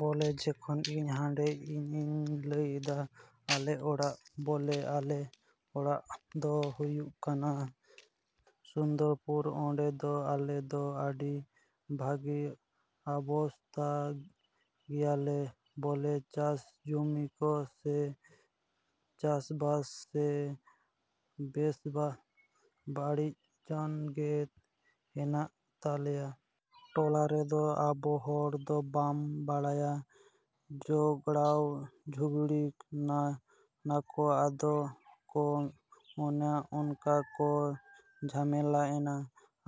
ᱵᱚᱞᱮ ᱡᱚᱠᱷᱚᱱ ᱤᱧ ᱦᱟᱸᱰᱮ ᱤᱧᱤᱧ ᱞᱟᱹᱭᱮᱫᱟ ᱟᱞᱮ ᱚᱲᱟᱜ ᱵᱚᱞᱮ ᱟᱞᱮ ᱚᱲᱟᱜ ᱫᱚ ᱦᱩᱭᱩᱜ ᱠᱟᱱᱟ ᱥᱩᱱᱫᱚᱨᱯᱩᱨ᱾ ᱚᱸᱰᱮ ᱫᱚ ᱟᱞᱮ ᱫᱚ ᱟᱹᱰᱤ ᱵᱷᱟᱜᱮ ᱚᱵᱚᱥᱛᱟ ᱜᱮᱭᱟᱞᱮ ᱵᱚᱞᱮ ᱪᱟᱥ ᱡᱩᱢᱤ ᱠᱚ ᱥᱮ ᱪᱟᱥᱵᱟᱥ ᱥᱮ ᱵᱮᱵᱥᱟ ᱵᱟᱱᱱᱤᱡᱡᱚ ᱜᱮ ᱦᱮᱱᱟᱜ ᱛᱟᱞᱮᱭᱟ᱾ ᱴᱚᱞᱟ ᱨᱮᱫᱚ ᱟᱵᱚ ᱦᱚᱲ ᱫᱚ ᱵᱟᱢ ᱵᱟᱲᱟᱭᱟ ᱡᱷᱚᱜᱽᱲᱟ ᱡᱷᱟᱹᱴᱤᱭ ᱱᱟᱠᱚ ᱟᱫᱚ ᱠᱚ ᱚᱱᱮ ᱚᱱᱠᱟ ᱠᱚ ᱡᱷᱟᱢᱮᱞᱟᱭᱮᱱᱟ᱾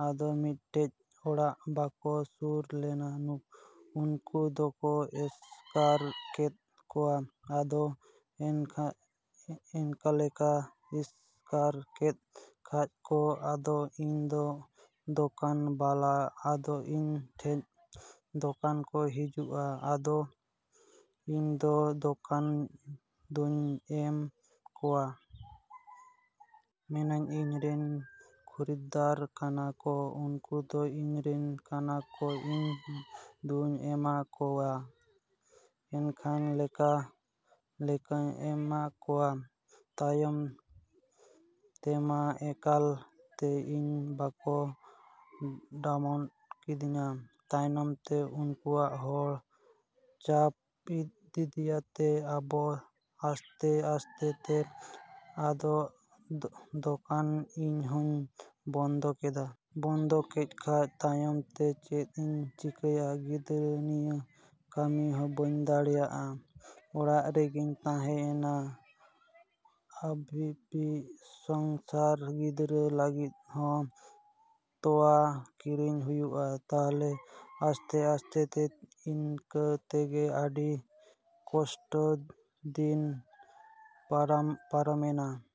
ᱟᱫᱚ ᱢᱤᱫᱴᱮᱡ ᱚᱲᱟᱜ ᱵᱟᱠᱚ ᱥᱩᱨ ᱞᱮᱱᱟ ᱩᱱᱠᱩ ᱫᱚᱠᱚ ᱮᱥᱠᱟᱨ ᱠᱮᱫ ᱠᱚᱣᱟ᱾ ᱟᱫᱚ ᱚᱱᱠᱟᱞᱮᱠᱟ ᱮᱥᱠᱟᱨ ᱠᱮᱫ ᱠᱷᱟᱡ ᱠᱚ ᱟᱫᱚ ᱤᱧᱫᱚ ᱫᱚᱠᱟᱱ ᱵᱟᱞᱟ, ᱟᱫᱚ ᱤᱧ ᱴᱷᱮᱡ ᱫᱚᱠᱟᱱ ᱠᱚ ᱦᱤᱡᱩᱜᱼᱟ, ᱟᱫᱚ ᱤᱧ ᱫᱚ ᱫᱚᱠᱟᱱ ᱫᱚᱧ ᱮᱢ ᱠᱚᱣᱟ᱾ ᱢᱮᱱᱟᱹᱧ ᱤᱧ ᱨᱮᱱ ᱠᱷᱚᱫᱽᱫᱟᱨ ᱠᱟᱱᱟ ᱠᱚ ᱩᱱᱠᱩ ᱫᱚ ᱤᱧ ᱨᱮᱱ ᱠᱟᱱᱟ ᱠᱚ ᱤᱧ ᱫᱩᱧ ᱮᱢᱟ ᱠᱚᱜᱮᱭᱟ᱾ ᱚᱱᱠᱟ ᱞᱮᱠᱟᱧ ᱮᱢᱟ ᱠᱚᱣᱟ᱾ ᱛᱟᱭᱚᱢ ᱛᱮᱢᱟ ᱮᱠᱟᱞ ᱛᱮ ᱤᱧ ᱢᱟᱠᱚ ᱰᱟᱸᱰᱚᱢ ᱠᱤᱫᱤᱧ᱾ ᱛᱟᱭᱚᱢ ᱛᱮ ᱩᱱᱠᱩᱣᱟᱜ ᱦᱚᱲ ᱪᱟᱯ ᱤᱭᱟᱹᱛᱮ ᱟᱫᱚ ᱟᱥᱛᱮᱼᱟᱥᱛᱮ ᱛᱮ ᱟᱫᱚ ᱫᱚᱠᱟᱱ ᱤᱧᱦᱚᱸᱧ ᱵᱚᱱᱫᱚ ᱠᱮᱫᱟ᱾ ᱵᱚᱱᱫᱚ ᱠᱮᱫ ᱠᱷᱟᱡ ᱛᱟᱭᱚᱢ ᱛᱮ ᱪᱮᱫ ᱤᱧ ᱪᱤᱠᱟᱹᱭᱟ ᱜᱤᱫᱽᱨᱟᱹ ᱱᱤᱭᱮ ᱠᱟᱹᱢᱤ ᱦᱚᱸ ᱵᱟᱹᱧ ᱫᱟᱲᱮᱭᱟᱜᱼᱟ᱾ ᱚᱲᱟᱜ ᱨᱮᱜᱮᱧ ᱛᱟᱦᱮᱸᱱᱟ ᱚᱵᱷᱟᱵᱤ ᱥᱚᱝᱥᱟᱨ, ᱜᱤᱫᱽᱨᱟᱹ ᱞᱟᱹᱜᱤᱫ ᱦᱚᱸ ᱛᱚᱣᱟ ᱠᱤᱨᱤᱧ ᱦᱩᱭᱩᱜᱼᱟ᱾ ᱛᱟᱞᱮ ᱟᱥᱛᱮᱼᱟᱥᱛᱮ ᱛᱮ ᱤᱱᱠᱟᱹ ᱛᱮᱜᱮ ᱟᱹᱰᱤ ᱠᱚᱥᱴᱚ ᱫᱤᱱ ᱯᱟᱨᱚᱢᱮᱱᱟ᱾